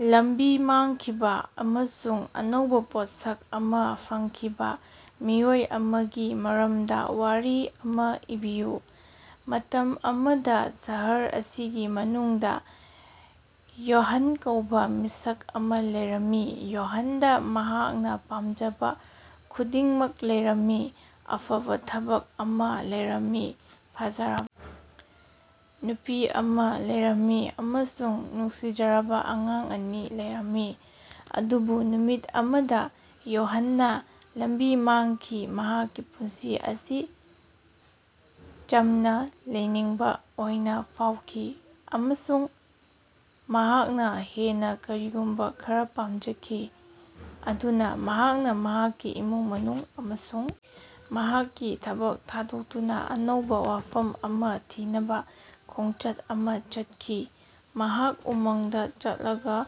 ꯂꯝꯕꯤ ꯃꯥꯡꯈꯤꯕ ꯑꯃꯁꯨꯡ ꯑꯅꯧꯕ ꯄꯣꯠꯁꯛ ꯑꯃ ꯐꯪꯈꯤꯕ ꯃꯤꯑꯣꯏ ꯑꯃꯒꯤ ꯃꯔꯝꯗ ꯋꯥꯔꯤ ꯑꯃ ꯏꯕꯤꯌꯨ꯫ ꯃꯇꯝ ꯑꯃꯗ ꯁꯍꯔ ꯑꯁꯤꯒꯤ ꯃꯅꯨꯡꯗ ꯌꯣꯍꯟ ꯀꯧꯕ ꯃꯤꯁꯛ ꯑꯃ ꯂꯩꯔꯝꯃꯤ꯫ ꯌꯣꯍꯟꯗ ꯃꯍꯥꯛꯅ ꯄꯥꯝꯖꯕ ꯈꯨꯗꯤꯡꯃꯛ ꯂꯩꯔꯝꯃꯤ, ꯑꯐꯕ ꯊꯕꯛ ꯑꯃ ꯂꯩꯔꯝꯃꯤ, ꯐꯖꯔꯕ ꯅꯨꯄꯤ ꯑꯃ ꯂꯩꯔꯝꯃꯤ ꯑꯃꯁꯨꯡ ꯅꯨꯡꯁꯤꯖꯔꯕ ꯑꯉꯥꯡ ꯑꯅꯤ ꯂꯩꯔꯝꯃꯤ꯫ ꯑꯗꯨꯕꯨ ꯅꯨꯃꯤꯠ ꯑꯃꯗ ꯌꯣꯍꯟꯅ ꯂꯝꯕꯤ ꯃꯥꯡꯈꯤ꯫ ꯃꯍꯥꯛꯀꯤ ꯄꯨꯟꯁꯤ ꯑꯁꯤ ꯆꯝꯅ ꯂꯩꯅꯤꯡꯕ ꯑꯣꯏꯅ ꯐꯥꯎꯈꯤ ꯑꯃꯁꯨꯡ ꯃꯍꯥꯛꯅ ꯍꯦꯟꯅ ꯀꯔꯤꯒꯨꯝꯕ ꯈꯔ ꯄꯥꯝꯖꯈꯤ꯫ ꯑꯗꯨꯅ ꯃꯍꯥꯛꯅ ꯃꯍꯥꯛꯀꯤ ꯏꯃꯨꯡ ꯃꯅꯨꯡ ꯑꯃꯁꯨꯡ ꯃꯍꯥꯛꯀꯤ ꯊꯕꯛ ꯊꯥꯗꯣꯛꯇꯨꯅ ꯑꯅꯧꯕ ꯋꯥꯐꯝ ꯑꯃ ꯊꯤꯅꯕ ꯈꯣꯡꯆꯠ ꯑꯃ ꯆꯠꯈꯤ꯫ ꯃꯍꯥꯛ ꯎꯃꯪꯗ ꯆꯠꯂꯒ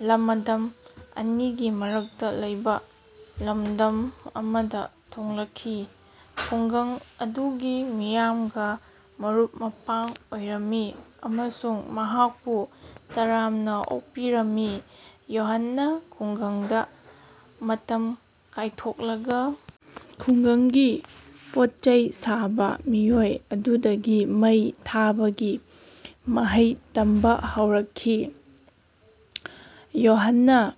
ꯂꯃꯗꯝ ꯑꯅꯤꯒꯤ ꯃꯔꯛꯇ ꯂꯩꯕ ꯂꯝꯗꯝ ꯑꯃꯗ ꯊꯨꯡꯂꯈꯤ꯫ ꯈꯨꯡꯒꯪ ꯑꯗꯨꯒꯤ ꯃꯤꯌꯥꯝꯒ ꯃꯔꯨꯞ-ꯃꯄꯥꯡ ꯑꯣꯏꯔꯝꯃꯤ ꯑꯃꯁꯨꯡ ꯃꯍꯥꯛꯄꯨ ꯇꯔꯥꯝꯅ ꯑꯣꯛꯄꯤꯔꯝꯃꯤ꯫ ꯌꯣꯍꯟꯅ ꯈꯨꯡꯒꯪꯗ ꯃꯇꯝ ꯀꯥꯏꯊꯣꯛꯂꯒ ꯈꯨꯡꯒꯪꯒꯤ ꯄꯣꯠꯆꯩ ꯁꯥꯕ ꯃꯤꯑꯣꯏ ꯑꯗꯨꯗꯒꯤ ꯃꯩ ꯊꯥꯕꯒꯤ ꯃꯍꯩ ꯇꯝꯕ ꯍꯧꯔꯛꯈꯤ꯫ ꯌꯣꯍꯟꯅ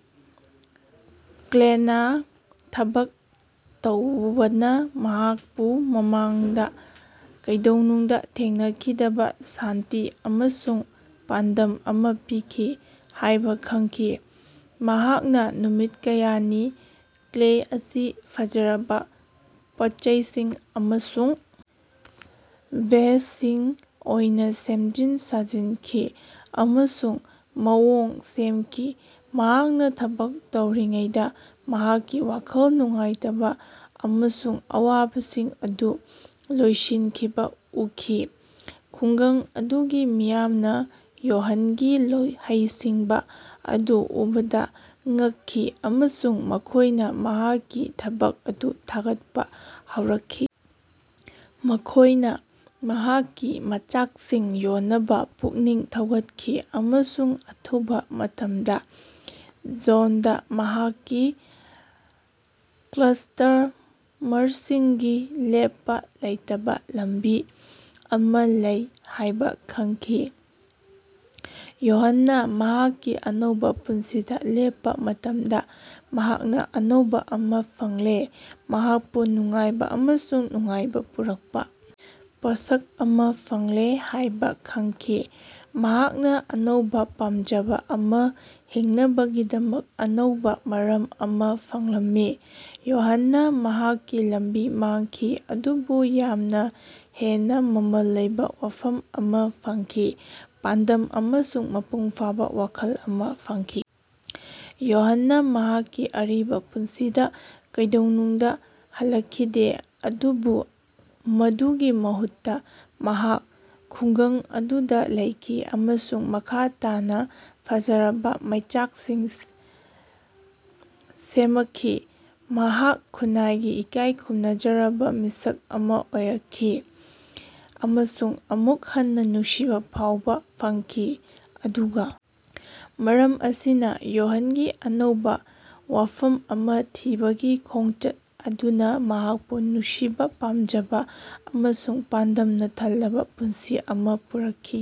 ꯀ꯭ꯂꯦꯅ ꯊꯕꯛ ꯇꯧꯕꯅ ꯃꯍꯥꯛꯄꯨ ꯃꯃꯥꯡꯗ ꯀꯩꯗꯧꯅꯨꯡꯗ ꯊꯦꯡꯅꯈꯤꯗꯕ ꯁꯥꯟꯇꯤ ꯑꯃꯁꯨꯡ ꯄꯥꯟꯗꯝ ꯑꯃ ꯄꯤꯈꯤ ꯍꯥꯏꯕ ꯈꯪꯈꯤ꯫ ꯃꯍꯥꯛꯅ ꯅꯨꯃꯤꯠ ꯀꯌꯥꯅꯤ ꯀ꯭ꯂꯦ ꯑꯁꯤ ꯐꯖꯔꯕ ꯄꯣꯠꯆꯩꯁꯤꯡ ꯑꯃꯁꯨꯡ ꯚꯦꯖꯁꯤꯡ ꯑꯣꯏꯅ ꯁꯦꯝꯖꯤꯟ ꯁꯥꯖꯤꯟꯈꯤ ꯑꯃꯁꯨꯡ ꯃꯑꯣꯡ ꯁꯦꯝꯈꯤ꯫ ꯃꯍꯥꯛꯅ ꯊꯕꯛ ꯇꯧꯔꯤꯉꯩꯗ ꯃꯍꯥꯛꯀꯤ ꯋꯥꯈꯜ ꯅꯨꯡꯉꯥꯏꯇꯕ ꯑꯃꯁꯨꯡ ꯑꯋꯥꯕꯁꯤꯡ ꯑꯗꯨ ꯂꯣꯏꯁꯤꯟꯈꯤꯕ ꯎꯈꯤ꯫ ꯈꯨꯡꯒꯪ ꯑꯗꯨꯒꯤ ꯃꯤꯌꯥꯝꯅ ꯌꯣꯍꯟꯒꯤ ꯍꯩꯁꯤꯡꯕ ꯑꯗꯨ ꯎꯕꯗ ꯉꯛꯈꯤ ꯑꯃꯁꯨꯡ ꯃꯈꯣꯏꯅ ꯃꯍꯥꯛꯀꯤ ꯊꯕꯛ ꯑꯗꯨ ꯊꯥꯒꯠꯄ ꯍꯧꯔꯛꯈꯤ꯫ ꯃꯈꯣꯏꯅ ꯃꯍꯥꯛꯀꯤ ꯃꯆꯥꯛꯁꯤꯡ ꯌꯣꯟꯅꯕ ꯄꯨꯛꯅꯤꯡ ꯊꯧꯒꯠꯈꯤ ꯑꯃꯁꯨꯡ ꯑꯊꯨꯕ ꯃꯇꯝꯗ ꯖꯣꯟꯗ ꯃꯍꯥꯛꯀꯤ ꯀꯁ꯭ꯇꯃꯔꯁꯤꯡꯒꯤ ꯂꯦꯞꯄ ꯂꯩꯇꯕ ꯂꯝꯕꯤ ꯑꯃ ꯂꯩ ꯍꯥꯏꯕ ꯈꯪꯈꯤ꯫ꯌꯣꯍꯟꯅ ꯃꯍꯥꯛꯀꯤ ꯑꯅꯧꯕ ꯄꯨꯟꯁꯤꯗ ꯂꯦꯞꯄ ꯃꯇꯝꯗ ꯃꯍꯥꯛꯅ ꯑꯅꯧꯕ ꯑꯃ ꯐꯪꯂꯦ, ꯃꯍꯥꯛꯄꯨ ꯅꯨꯡꯉꯥꯏꯕ ꯑꯃꯁꯨꯡ ꯅꯨꯡꯉꯥꯏꯕ ꯄꯨꯔꯛꯄ ꯄꯣꯠꯁꯛ ꯑꯃ ꯐꯪꯂꯦ ꯍꯥꯏꯕ ꯈꯪꯈꯤ꯫ ꯃꯍꯥꯛꯅ ꯑꯅꯧꯕ ꯄꯥꯝꯖꯕ ꯑꯃ, ꯍꯤꯡꯅꯕꯒꯤ ꯑꯅꯧꯕ ꯃꯔꯝ ꯑꯃ ꯐꯪꯂꯝꯃꯤ꯫ ꯌꯣꯍꯟꯅ ꯃꯍꯥꯛꯀꯤ ꯂꯝꯕꯤ ꯃꯥꯡꯈꯤ ꯑꯗꯨꯕꯨ ꯌꯥꯝꯅ ꯍꯦꯟꯅ ꯃꯃꯜ ꯂꯩꯕ ꯋꯥꯐꯝ ꯑꯃ ꯐꯪꯈꯤ, ꯄꯥꯟꯗꯝ ꯑꯃꯁꯨꯡ ꯃꯄꯨꯡ ꯐꯥꯕ ꯋꯥꯈꯜ ꯑꯃ ꯐꯪꯈꯤ꯫ ꯌꯣꯍꯟꯅ ꯃꯍꯥꯛꯀꯤ ꯑꯔꯤꯕ ꯄꯨꯟꯁꯤꯗ ꯀꯩꯗꯧꯅꯨꯡꯗ ꯍꯜꯂꯛꯈꯤꯗꯦ ꯑꯗꯨꯕꯨ ꯃꯗꯨꯒꯤ ꯃꯍꯨꯠꯇ ꯃꯍꯥꯛ ꯈꯨꯡꯒꯪ ꯑꯗꯨꯗ ꯂꯩꯈꯤ ꯑꯃꯁꯨꯡ ꯃꯈꯥ ꯇꯥꯅ ꯐꯖꯔꯕ ꯃꯩꯆꯥꯛꯁꯤꯡ ꯁꯦꯃꯈꯤ꯫ ꯃꯍꯥꯛ ꯈꯨꯟꯅꯥꯏꯒꯤ ꯏꯀꯥꯏ ꯈꯨꯝꯅꯖꯔꯕ ꯃꯤꯁꯛ ꯑꯃ ꯑꯣꯏꯔꯛꯈꯤ ꯑꯃꯁꯨꯡ ꯑꯃꯨꯛ ꯍꯟꯅ ꯅꯨꯡꯁꯤꯕ ꯐꯥꯎꯕ ꯐꯪꯈꯤ꯫ ꯑꯗꯨꯒ ꯃꯔꯝ ꯑꯁꯤꯅ, ꯌꯣꯍꯟꯒꯤ ꯑꯅꯧꯕ ꯋꯥꯐꯝ ꯑꯃ ꯊꯤꯕꯒꯤ ꯈꯣꯡꯆꯠ ꯑꯗꯨꯅ ꯃꯍꯥꯛꯄꯨ ꯅꯨꯡꯁꯤꯕ, ꯄꯥꯝꯖꯕ ꯑꯃꯁꯨꯡ ꯄꯥꯟꯗꯝꯅ ꯊꯜꯂꯕ ꯄꯨꯟꯁꯤ ꯑꯃꯗ ꯄꯨꯔꯛꯈꯤ꯫